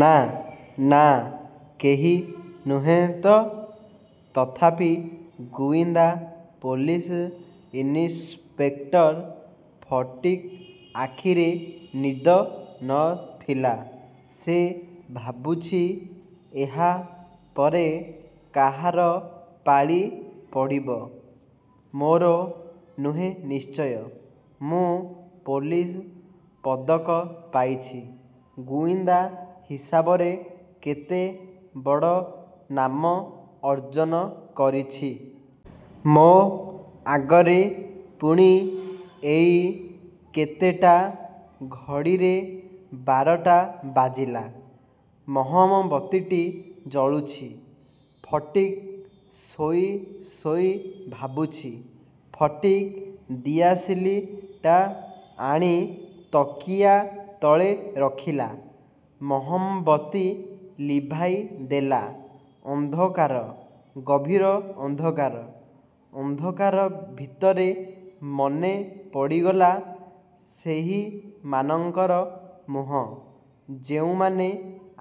ନା, ନା, କେହି ନୁହେଁ ତ! ତଥାପି ଗୁଇନ୍ଦା ପୋଲିସ ଇନ୍ସପେକ୍ଟର ଫଟିକ୍ ଆଖିରେ ନିଦ ନ ଥିଲା। ସେ ଭାବୁଛି ଏହା ପରେ କାହାର ପାଳି ପଡ଼ିବ? ମୋର ନୁହେଁ ନିଶ୍ଚୟ। ମୁଁ ପୋଲିସ ପଦକ ପାଇଛି। ଗୁଇନ୍ଦା ହିସାବରେ କେତେ ବଡ଼ ନାମ ଅର୍ଜନ କରିଛି। ମୋ ଆଗରେ ପୁଣି ଏଇ କେତେଟା ଘଡ଼ିରେ ବାରଟା ବାଜିଲା। ମହମବତୀଟି ଜଳୁଛି। ଫଟିକ୍ ଶୋଇ ଶୋଇ ଭାବୁଛି। ଫଟିକ୍ ଦିଆସିଲି ଟା ଆଣି ତକିଆ ତଳେ ରଖିଲା। ମହମବତୀ ଲିଭାଇଦେଲା। ଅନ୍ଧକାର। ଗଭୀର ଅନ୍ଧକାର। ଅନ୍ଧକାର ଭିତରେ ମନେପଡ଼ିଗଲା ସେହିମାନଙ୍କର ମୁହଁ ଯେଉଁମାନେ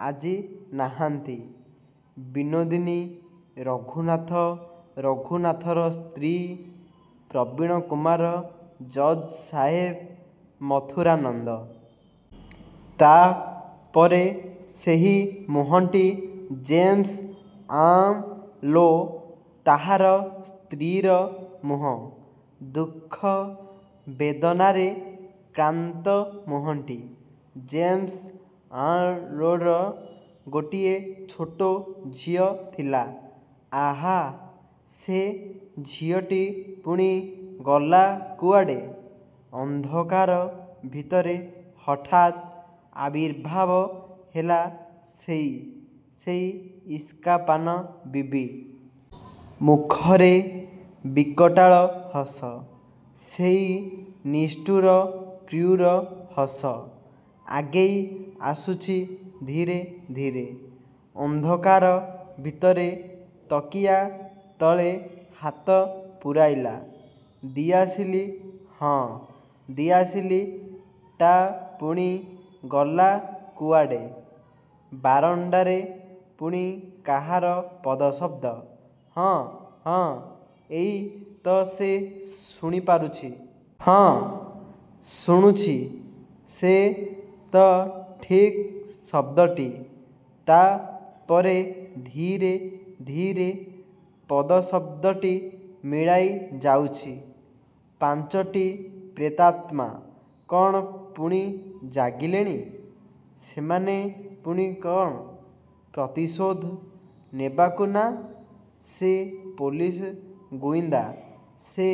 ଆଜି ନାହାନ୍ତି: ବିନୋଦିନୀ, ରଘୁନାଥ, ରଘୁନାଥର ସ୍ତ୍ରୀ, ପ୍ରବୀଣକୁମାର, ଜଜ୍ ସାହେବ, ମଥୁରାନନ୍ଦ। ତା ପରେ ସେହି ମୁହଁଟି ଜେମ୍ସ ଆଂଲୋ। ତାହାର ସ୍ତ୍ରୀର ମୁହଁ। ଦୁଃଖ ବେଦନାରେ କ୍ଳାନ୍ତ ମୁହଁଟି। ଜେମ୍ସ ଆଂଲୋର ଗୋଟିଏ ଛୋଟ ଝିଅ ଥିଲା। ଆହା, ସେ ଝିଅଟି ପୁଣି ଗଲା କୁଆଡ଼େ? ଅନ୍ଧକାର ଭିତରେ ହଠାତ୍ ଆବିର୍ଭାବ ହେଲା ସେଇ, ସେଇ ଇସ୍କାପାନ ବିବି। ମୁଖରେ ବିକଟାଳ ହସ। ସେଇ ନିଷ୍ଠୁର କ୍ରୂର ହସ। ଆଗେଇଆସୁଛି ଧୀରେ ଧୀରେ। ଅନ୍ଧକାର ଭିତରେ ତକିଆ ତଳେ ହାତ ପୂରାଇଲା। ଦିଆସିଲି ହଁ, ଦିଆସିଲି ଟା ପୁଣି ଗଲା କୁଆଡ଼େ? ବାରଣ୍ଡାରେ ପୁଣି କାହାର ପଦଶବ୍ଦ! ହଁ ହଁ, ଏଇ ତ ସେ ଶୁଣିପାରୁଛି। ହଁ, ଶୁଣୁଛି ସେ ତ ଠିକ୍ ଶବ୍ଦଟି। ତା ପରେ ଧୀରେ ଧୀରେ ପଦଶବ୍ଦଟି ମିଳାଇଯାଉଛି। ପାଞ୍ଚଟି ପ୍ରେତାତ୍ମା କ'ଣ ପୁଣି ଜାଗିଲେଣି? ସେମାନେ ପୁଣି କ'ଣ ପ୍ରତିଶୋଧ ନେବାକୁ ନା, ସେ ପୋଲିସ ଗୁଇନ୍ଦା। ସେ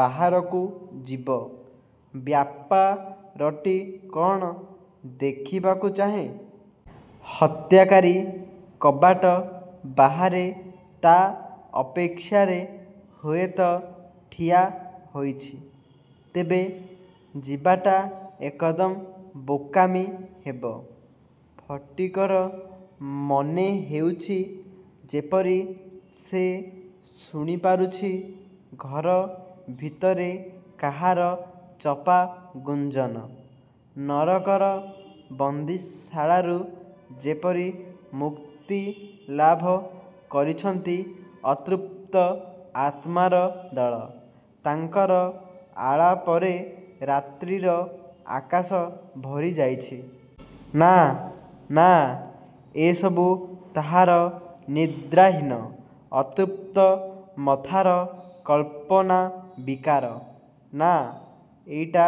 ବାହାରକୁ ଯିବ। ବ୍ୟାପାରଟି କ'ଣ, ଦେଖିବାକୁ ଚାହେଁ। ହତ୍ୟାକାରୀ କବାଟ ବାହାରେ ତା ଅପେକ୍ଷାରେ ହୁଏତ ଠିଆ ହୋଇଛି। ତେବେ ଯିବାଟା ଏକଦମ ବୋକାମି ହେବ। ଫଟିକର ମନେହେଉଛି ଯେପରି ସେ ଶୁଣିପାରୁଛି ଘର ଭିତରେ କାହାର ଚପା ଗୁଞ୍ଜନ। ନରକର ବନ୍ଦୀଶାଳାରୁ ଯେପରି ମୁକ୍ତି ଲାଭ କରିଛନ୍ତି ଅତୃପ୍ତ ଆତ୍ମାର ଦଳ। ତାଙ୍କର ଆଳାପରେ ରାତ୍ରିର ଆକାଶ ଭରିଯାଇଛି। ନା, ନା, ଏସବୁ ତାହାର ନିଦ୍ରାହୀନ ଅତୃପ୍ତ ମଥାର କଳ୍ପନା ବିକାର। ନା, ଏଇଟା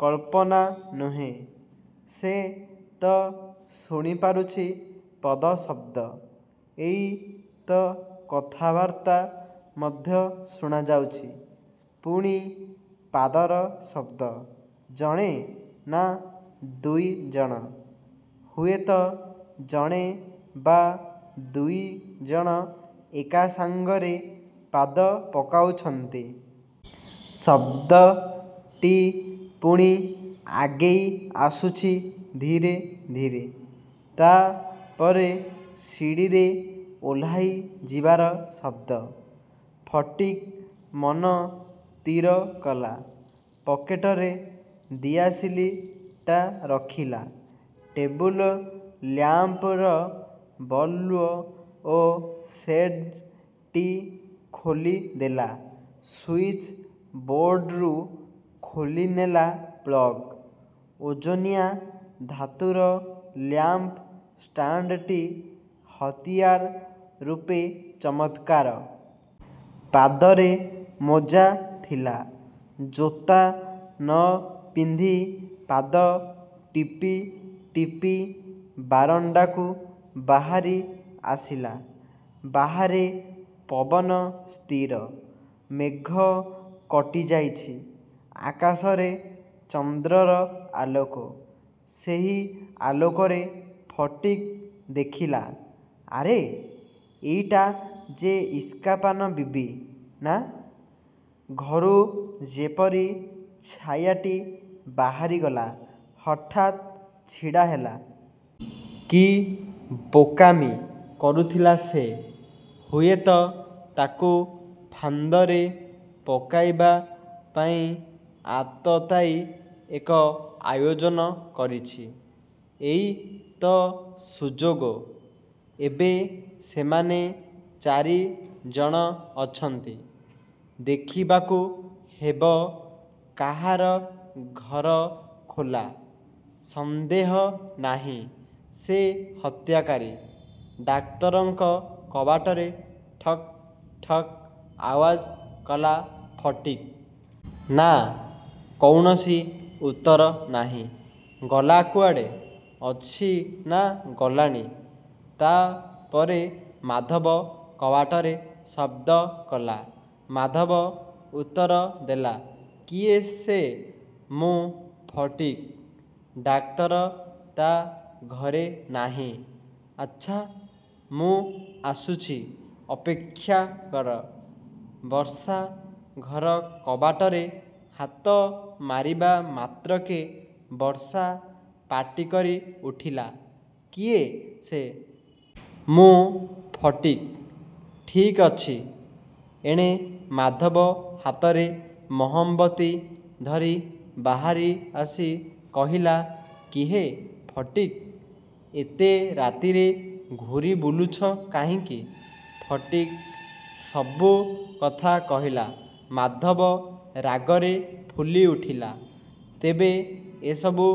କଳ୍ପନା ନୁହେଁ। ସେ ତ ଶୁଣିପାରୁଛି ପଦଶବ୍ଦ। ଏଇ ତ କଥାବାର୍ତ୍ତା ମଧ୍ୟ ଶୁଣାଯାଉଛି। ପୁଣି ପାଦର ଶବ୍ଦ। ଜଣେ ନା ଦୁଇ ଜଣ? ହୁଏତ ଜଣେ ବା ଦୁଇ ଜଣ ଏକାସାଙ୍ଗରେ ପାଦ ପକାଉଛନ୍ତି। ଶବ୍ଦଟି ପୁଣି ଆଗେଇଆସୁଛି ଧୀରେ ଧୀରେ। ତା ପରେ ସିଡ଼ିରେ ଓହ୍ଲାଇଯିବାର ଶବ୍ଦ। ଫଟିକ୍ ମନ ସ୍ଥିର କଲା। ପକେଟରେ ଦିଆସିଲି ଟା ରଖିଲା। ଟେବୁଲ ଲ୍ୟାମ୍ପର ବଲ୍ବ ଓ ସେଡ୍ ଟି ଖୋଲିଦେଲା। ସୁଇଚ୍ ବୋର୍ଡରୁ ଖୋଲିନେଲା ପ୍ଲଗ୍। ଓଜନିଆ ଧାତୁର ଲ୍ୟାମ୍ପ ଷ୍ଟାଣ୍ଡଟି ହତିଆର ରୂପେ ଚମତ୍କାର। ପାଦରେ ମୋଜା ଥିଲା। ଜୋତା ନ ପିନ୍ଧି ପାଦ ଟିପି ଟିପି ବାରଣ୍ଡାକୁ ବାହାରିଆସିଲା। ବାହାରେ ପବନ ସ୍ଥିର। ମେଘ କଟିଯାଇଛି। ଆକାଶରେ ଚନ୍ଦ୍ରର ଆଲୋକ। ସେହି ଆଲୋକରେ ଫଟିକ୍ ଦେଖିଲା, ଆରେ, ଏଇଟା ଯେ ଇସ୍କାପାନ ବିବି, ନା! ଘରୁ ଯେପରି ଛାୟାଟି ବାହାରିଗଲା ହଠାତ୍ ଛିଡ଼ାହେଲା। କି ବୋକାମି କରୁଥିଲା ସେ! ହୁଏତ ତାକୁ ଫାନ୍ଦରେ ପକାଇବା ପାଇଁ ଆତତାୟୀ ଏକ ଆୟୋଜନ କରିଛି। ଏଇ ତ ସୁଯୋଗ। ଏବେ ସେମାନେ ଚାରି ଜଣ ଅଛନ୍ତି। ଦେଖିବାକୁ ହେବ କାହାର ଘର ଖୋଲା। ସନ୍ଦେହ ନାହିଁ ସେ ହତ୍ୟାକାରୀ। ଡାକ୍ତରଙ୍କ କବାଟରେ ଠକ୍ ଠକ୍ ଆୱାଜ କଲା ଫଟିକ୍। ନା, କୌଣସି ଉତ୍ତର ନାହିଁ। ଗଲା କୁଆଡ଼େ? ଅଛି ନା ଗଲାଣି? ତା ପରେ ମାଧବ କବାଟରେ ଶବ୍ଦ କଲା। ମାଧବ ଉତ୍ତର ଦେଲା, କିଏ ସେ? ମୁଁ ଫଟିକ୍। ଡାକ୍ତର ତା ଘରେ ନାହିଁ। ଆଚ୍ଛା, ମୁଁ ଆସୁଛି, ଅପେକ୍ଷା କର। ବର୍ଷା ଘର କବାଟରେ ହାତ ମାରିବା ମାତ୍ରକେ ବର୍ଷା ପାଟିକରି ଉଠିଲା, କିଏ ସେ? ମୁଁ ଫଟିକ୍। ଠିକ୍ ଅଛି। ଏଣେ ମାଧବ ହାତରେ ମହମବତୀ ଧରି ବାହାରିଆସି କହିଲା, କିହେ ଫଟିକ୍, ଏତେ ରାତିରେ ଘୂରିବୁଲୁଛ କାହିଁକି? ଫଟିକ୍ ସବୁ କଥା କହିଲା। ମାଧବ ରାଗରେ ଫୁଲିଉଠିଲା, ତେବେ ଏସବୁ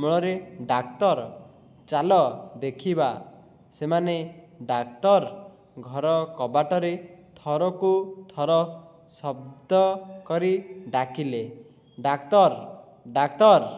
ମୂଳରେ ଡାକ୍ତର। ଚାଲ ଦେଖିବା। ସେମାନେ ଡାକ୍ତର ଘର କବାଟରେ ଥରକୁ ଥର ଶବ୍ଦ କରି ଡାକିଲେ, ଡାକ୍ତର, ଡାକ୍ତର!